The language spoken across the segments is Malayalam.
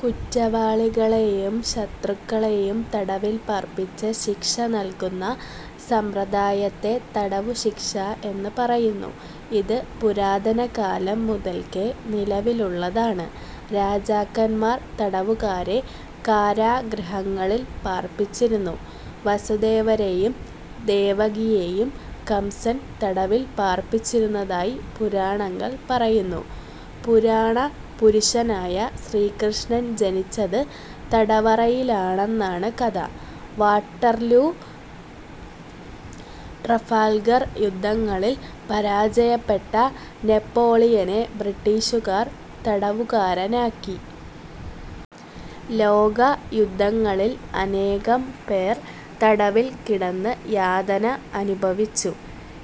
കുറ്റവാളികളേയും ശത്രുക്കളേയും തടവിൽ പാർപ്പിച്ച് ശിക്ഷ നൽകുന്ന സമ്പ്രദായത്തെ തടവുശിക്ഷ എന്നു പറയുന്നു. ഇത് പുരാതനകാലം മുതൽക്കേ നിലവിലുള്ളതാണ്. രാജാക്കന്മാർ തടവുകാരെ കാരാഗൃഹങ്ങളിൽ പാർപ്പിച്ചിരുന്നു. വസുദേവരേയും ദേവകിയേയും കംസൻ തടവിൽ പാർപ്പിച്ചിരുന്നതായി പുരാണങ്ങൾ പറയുന്നു. പുരാണപുരുഷനായ ശ്രീകൃഷ്ണൻ ജനിച്ചത് തടവറയിലാണെന്നാണ് കഥ. വാട്ടർലൂ, ട്രഫാൽഗർ യുദ്ധങ്ങളിൽ പരാജയപ്പെട്ട നെപ്പോളിയനെ ബ്രിട്ടീഷുകാർ തടവുകാരനാക്കി. ലോകയുദ്ധങ്ങളിൽ അനേകം പേർ തടവിൽ കിടന്ന് യാതന അനുഭവിച്ചു.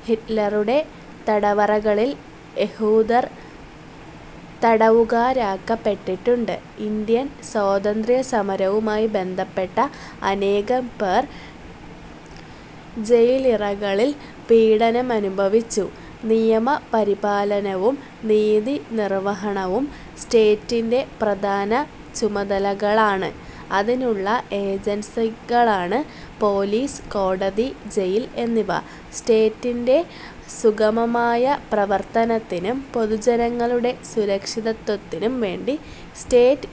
ഹിറ്റ്ലറുടെ തടവറകളിൽ യഹൂദർ തടവുകാരാക്കപ്പെട്ടിട്ടുണ്ട്. ഇന്ത്യൻ സ്വാതന്ത്ര്യസമരവുമായി ബന്ധപ്പെട്ട അനേകം പേർ ജയിലറകളിൽ പീഡനമനുഭവിച്ചു. നിയമപരിപാലനവും നീതിനിർവഹണവും സ്റ്റേറ്റിന്റെ പ്രധാന ചുമതലകളാണ്. അതിനുള്ള ഏജൻസികളാണ് പൊലീസ്, കോടതി, ജയിൽ എന്നിവ. സ്റ്റേറ്റിന്റെ സുഗമമായ പ്രവർത്തനത്തിനും പൊതുജനങ്ങളുടെ സുരക്ഷിതത്വത്തിനും വേണ്ടി സ്റ്റേറ്റ്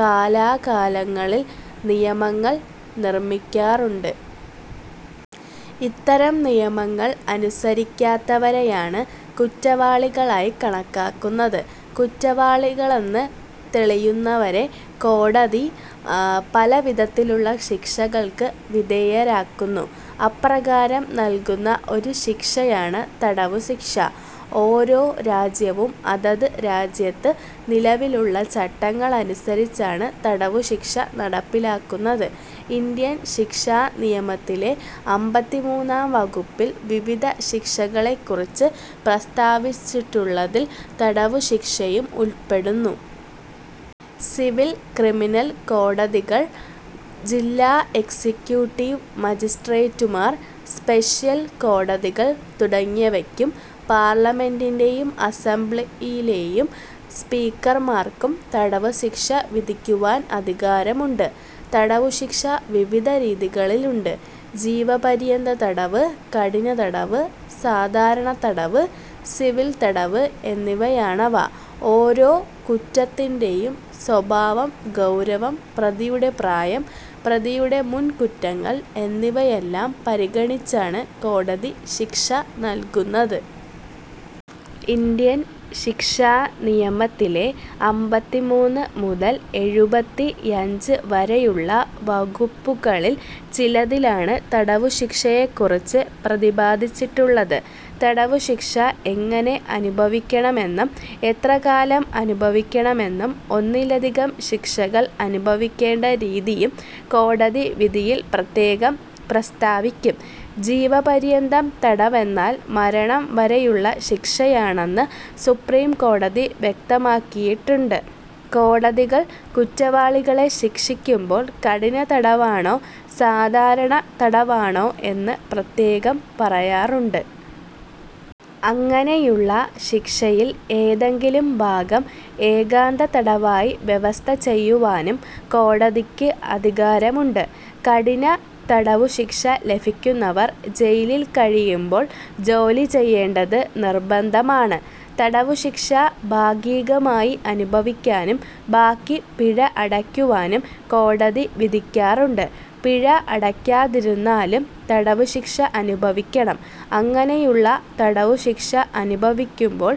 കാലാകാലങ്ങളിൽ നിയമങ്ങൾ നിർമിക്കാറുണ്ട്. ഇത്തരം നിയമങ്ങൾ അനുസരിക്കാത്തവരെയാണ് കുറ്റവാളികളായി കണക്കാക്കുന്നത്. കുറ്റവാളികളെന്ന് തെളിയുന്നവരെ കോടതി പലവിധത്തിലുള്ള ശിക്ഷകൾക്ക് വിധേയരാക്കുന്നു. അപ്രകാരം നൽകുന്ന ഒരു ശിക്ഷയാണ് തടവുശിക്ഷ. ഓരോ രാജ്യവും അതത് രാജ്യത്ത് നിലവിലുള്ള ചട്ടങ്ങൾ അനുസരിച്ചാണ് തടവുശിക്ഷ നടപ്പിലാക്കുന്നത്. ഇന്ത്യൻ ശിക്ഷാനിയമത്തിലെ അമ്പത്തിമൂന്നാം വകുപ്പിൽ വിവിധ ശിക്ഷകളെക്കുറിച്ച് പ്രസ്താവിച്ചിട്ടുള്ളതിൽ തടവുശിക്ഷയും ഉൾപ്പെടുന്നു. സിവിൽ ക്രിമിനൽ കോടതികൾ, ജില്ലാ എക്സിക്യൂട്ടീവ് മജിസ്ട്രേറ്റുമാർ, സ്പെഷ്യൽ കോടതികൾ തുടങ്ങിയവയ്ക്കും പാർലമെന്റിലേയും അസംബ്ലിയിലേയും സ്പീക്കർമാർക്കും തടവുശിക്ഷ വിധിക്കുവാൻ അധികാരമുണ്ട്. തടവുശിക്ഷ വിവിധ രീതികളിലുണ്ട്. ജീവപര്യന്ത തടവ്, കഠിനതടവ്, സാധാരണ തടവ്, സിവിൽ തടവ് എന്നിവയാണവ. ഓരോ കുറ്റത്തിന്റേയും സ്വഭാവം, ഗൗരവം, പ്രതിയുടെ പ്രായം, പ്രതിയുടെ മുൻ കുറ്റങ്ങൾ എന്നിവയെല്ലാം പരിഗണിച്ചാണ് കോടതി ശിക്ഷ നൽകുന്നത്. ഇന്ത്യൻ ശിക്ഷാനിയമത്തിലെ അമ്പത്തിമൂന്ന് മുതൽ എഴുപത്തിയഞ്ച് വരെയുള്ള വകുപ്പുകളിൽ ചിലതിലാണ് തടവുശിക്ഷയെക്കുറിച്ച് പ്രതിപാദിച്ചിട്ടുള്ളത്. തടവുശിക്ഷ എങ്ങനെ അനുഭവിക്കണമെന്നും എത്രകാലം അനുഭവിക്കണമെന്നും ഒന്നിലധികം ശിക്ഷകൾ അനുഭവിക്കേണ്ട രീതിയും കോടതി വിധിയിൽ പ്രത്യേകം പ്രസ്താവിക്കും. ജീവപര്യന്തം തടവെന്നാൽ മരണം വരെയുള്ള ശിക്ഷയാണെന്ന് സുപ്രീംകോടതി വ്യക്തമാക്കിയിട്ടുണ്ട്. കോടതികൾ കുറ്റവാളികളെ ശിക്ഷിക്കുമ്പോൾ കഠിനതടവാണോ സാധാരണ തടവാണോ എന്ന് പ്രത്യേകം പറയാറുണ്ട്. അങ്ങനെയുള്ള ശിക്ഷയിൽ ഏതെങ്കിലും ഭാഗം ഏകാന്തതടവായി വ്യവസ്ഥ ചെയ്യുവാനും കോടതിക്ക് അധികാരമുണ്ട്. കഠിനതടവുശിക്ഷ ലഭിക്കുന്നവർ ജയിലിൽ കഴിയുമ്പോൾ ജോലി ചെയ്യേണ്ടത് നിർബന്ധമാണ്. തടവുശിക്ഷ ഭാഗികമായി അനുഭവിക്കാനും ബാക്കി പിഴ അടയ്ക്കുവാനും കോടതി വിധിക്കാറുണ്ട്. പിഴ അടയ്ക്കാതിരുന്നാലും തടവുശിക്ഷ അനുഭവിക്കണം. അങ്ങനെയുള്ള തടവുശിക്ഷ അനുഭവിക്കുമ്പോൾ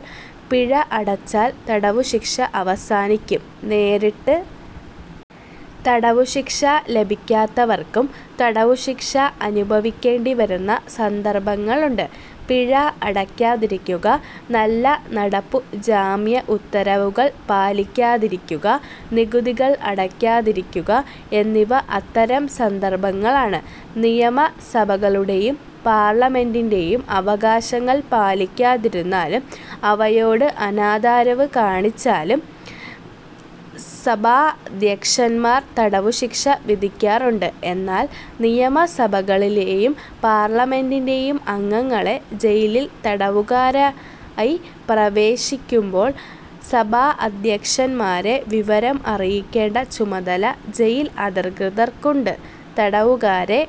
പിഴ അടച്ചാൽ തടവുശിക്ഷ അവസാനിക്കും. നേരിട്ട് തടവുശിക്ഷ ലഭിക്കാത്തവർക്കും തടവുശിക്ഷ അനുഭവിക്കേണ്ടിവരുന്ന സന്ദർഭങ്ങളുണ്ട്. പിഴ അടയ്ക്കാതിരിക്കുക, നല്ലനടപ്പു ജാമ്യ ഉത്തരവുകൾ പാലിക്കാതിരിക്കുക, നികുതികൾ അടയ്ക്കാതിരിക്കുക എന്നിവ അത്തരം സന്ദർഭങ്ങളാണ്. നിയമസഭകളുടേയും പാർലമെന്റിന്റേയും അവകാശങ്ങൾ പാലിക്കാതിരുന്നാലും അവയോട് അനാദരവ് കാണിച്ചാലും സഭാധ്യക്ഷന്മാർ തടവുശിക്ഷ വിധിക്കാറുണ്ട്. എന്നാൽ നിയമസഭകളിലേയും പാർലമെന്റിലേയും അംഗങ്ങളെ ജയിലിൽ തടവുകാരായി പ്രവേശിപ്പിക്കുമ്പോൾ സഭാധ്യക്ഷന്മാരെ വിവരം അറിയിക്കേണ്ട ചുമതല ജയിൽ അധികൃതർക്കുണ്ട്. തടവുകാരെ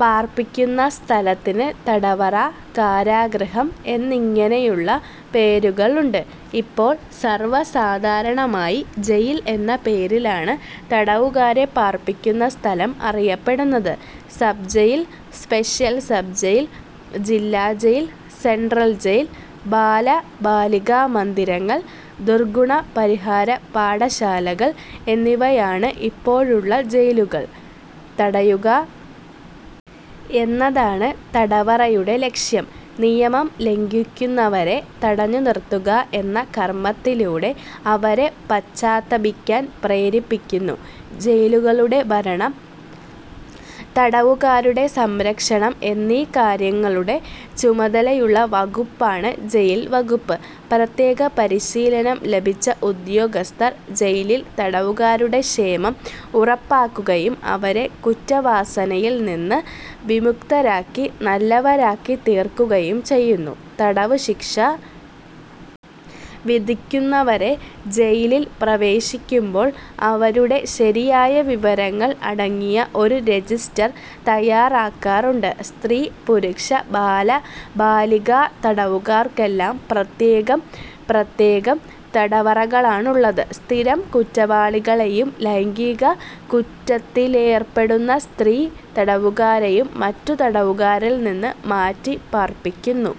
പാർപ്പിക്കുന്ന സ്ഥലത്തിന് തടവറ, കാരാഗൃഹം എന്നിങ്ങനെയുള്ള പേരുകളുണ്ട്. ഇപ്പോൾ സർവസാധാരണമായി ജയിൽ എന്ന പേരിലാണ് തടവുകാരെ പാർപ്പിക്കുന്ന സ്ഥലം അറിയപ്പെടുന്നത്. Sub jail, special sub jail, ജില്ലാ ജയിൽ, സെൻട്രൽ ജയിൽ, ബാല ബാലികാ മന്ദിരങ്ങൾ, ദുർഗുണ പരിഹാര പാഠശാലകൾ എന്നിവയാണ് ഇപ്പോഴുള്ള ജയിലുകൾ. തടയുക എന്നതാണ് തടവറയുടെ ലക്ഷ്യം. നിയമം ലംഘിക്കുന്നവരെ തടഞ്ഞുനിർത്തുക എന്ന കർമ്മത്തിലൂടെ അവരെ പശ്ചാത്തപിക്കാൻ പ്രേരിപ്പിക്കുന്നു. ജയിലുകളുടെ ഭരണം, തടവുകാരുടെ സംരക്ഷണം എന്നീ കാര്യങ്ങളുടെ ചുമതലയുള്ള വകുപ്പാണ് ജയിൽ വകുപ്പ്. പ്രത്യേക പരിശീലനം ലഭിച്ച ഉദ്യോഗസ്ഥർ ജയിലിൽ തടവുകാരുടെ ക്ഷേമം ഉറപ്പാക്കുകയും അവരെ കുറ്റവാസനയിൽ നിന്ന് വിമുക്തരാക്കി നല്ലവരാക്കിത്തീർക്കുകയും ചെയ്യുന്നു. തടവുശിക്ഷ വിധിക്കുന്നവരെ ജയിലിൽ പ്രവേശിപ്പിക്കുമ്പോൾ അവരുടെ ശരിയായ വിവരങ്ങൾ അടങ്ങിയ ഒരു രജിസ്റ്റർ തയ്യാറാക്കാറുണ്ട്. സ്ത്രീ, പുരുഷ, ബാല, ബാലികാ തടവുകാർക്കെല്ലാം പ്രത്യേകം പ്രത്യേകം തടവറകളാണുള്ളത്. സ്ഥിരം കുറ്റവാളികളേയും ലൈംഗിക കുറ്റത്തിലേർപ്പെടുന്ന സ്ത്രീ തടവുകാരേയും മറ്റു തടവുകാരിൽ നിന്ന് മാറ്റി പാർപ്പിക്കുന്നു.